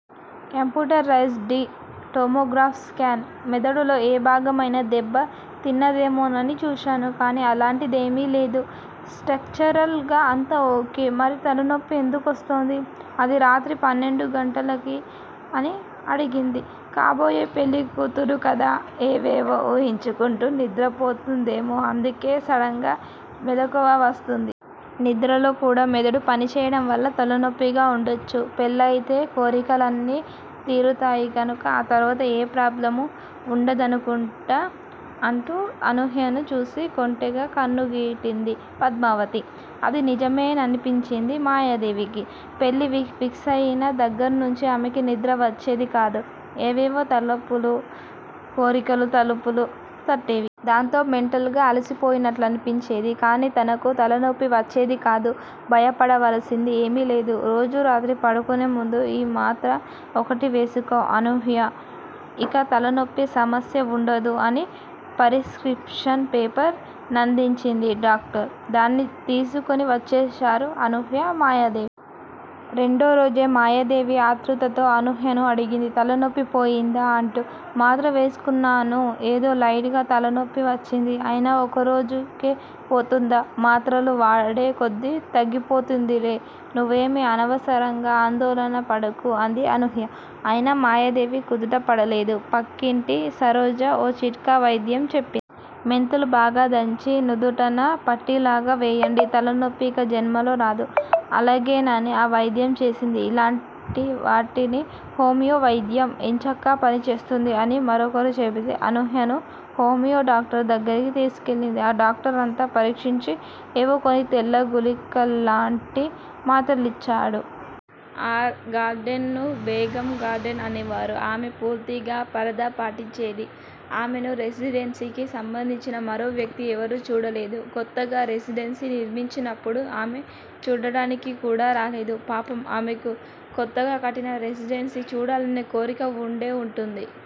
Computerise డ్ tomograph scan. మెదడులో ఏ భాగమైనా దెబ్బ తిన్నదేమోనని చూశాను, కానీ అలాంటిదేమీ లేదు. స్టక్చరల్ గా అంతా ఓకే. మరి తలనొప్పి ఎందుకొస్తోంది? అదీ రాత్రి పన్నెండుగంటలకి? అని అడిగింది. కాబోయే పెళ్ళికూతురు గదా. ఏవేవో ఊహించుకుంటూ నిద్ర పోతుందేమో. అందుకే సడన్ గా మెలకువ వస్తుంది. నిద్రలో కూడా మెదడు పనిచేయడం వల్ల తలనొప్పిగా ఉండొచ్చు. పెళ్ళయితే కోరికలన్నీ తీరుతాయి గనుక ఆ తరువాత ఏ ప్రాబ్లమూ వుండదనుకుంటా అంటూ అనూహ్యను చూసి కొంటెగా కన్నుగీటింది పద్మావతి. అది నిజమేననిపించింది మాయాదేవికి. పెళ్ళి ఫిక్సయిన దగ్గర్నుంచి ఆమెకి నిద్ర వచ్చేది కాదు. ఏవేవో తలపులు కోరికల తలుపులు తట్టేవి. దాంతో మెంటల్ గా అలిసిపోయినట్లనిపించేది, కానీ తనకు తలనొప్పి వచ్చేది కాదు. భయపడవలసింది ఏమీ లేదు. రోజూ రాత్రి పడుకునే ముందు ఈ మాత్ర ఒకటి వేసుకో అనూహ్య- ఇక తలనొప్పి సమస్య వుండదు అని పరిస్క్రిప్షన్ పేపర్ నందించింది డాక్టర్. దాన్ని తీసుకుని వచ్చేశారు అనూహ్య, మాయాదేవి. రెండో రోజే మాయాదేవి ఆత్రుతతో అనూహ్యను అడిగింది- తలనొప్పి పోయిందా? అంటూ. మాత్ర వేసుకున్నాను ఏదో లైట్ గా తలనొప్పి వచ్చింది. అయినా ఒకరోజుకే పోతుందా? మాత్రలు వాడేకొద్దీ తగ్గిపోతుందిలే. నువ్వేమీ అనవసరంగా ఆందోళన పడకు అంది అనూహ్య. అయినా మాయాదేవి కుదుటపడలేదు. పక్కింటి సరోజ ఓ చిట్కా వైద్యం చెప్పింది. మెంతులు బాగా దంచి, నుదుటన పట్టీలాగా వేయండి. తలనొప్పి ఇక జన్మలో రాదు అలాగేనని ఆ వైద్యం చేసింది. ఇలాంటివాటికి హోమియో వైద్యం ఎంచక్కా పనిచేస్తుంది అని మరొకరు చెబితే అనూహ్యను హోమియో డాక్టర్ దగ్గరికి తీసుకెళ్ళింది. ఆ డాక్టర్ అంతా పరీక్షించి ఏవో కొన్ని తెల్ల గుళికల్లాంటి మాత్రలిచ్చాడు. ఆ గార్డెన్ ను బేగం గార్డెన్ అనేవారు. ఆమె పూర్తిగా పరదా పాటించేది. ఆమెను రెసిడెన్సీకి సంబంధించిన మరో వ్యక్తి ఎవరూ చూడలేదు. కొత్తగా రెసిడెన్సీ నిర్మించినప్పుడు ఆమె చూడటానికి కూడా రాలేదు. పాపం ఆమెకు కొత్తగా కట్టిన రెసిడెన్సీ చూడాలనే కోరిక వుండే వుంటుంది.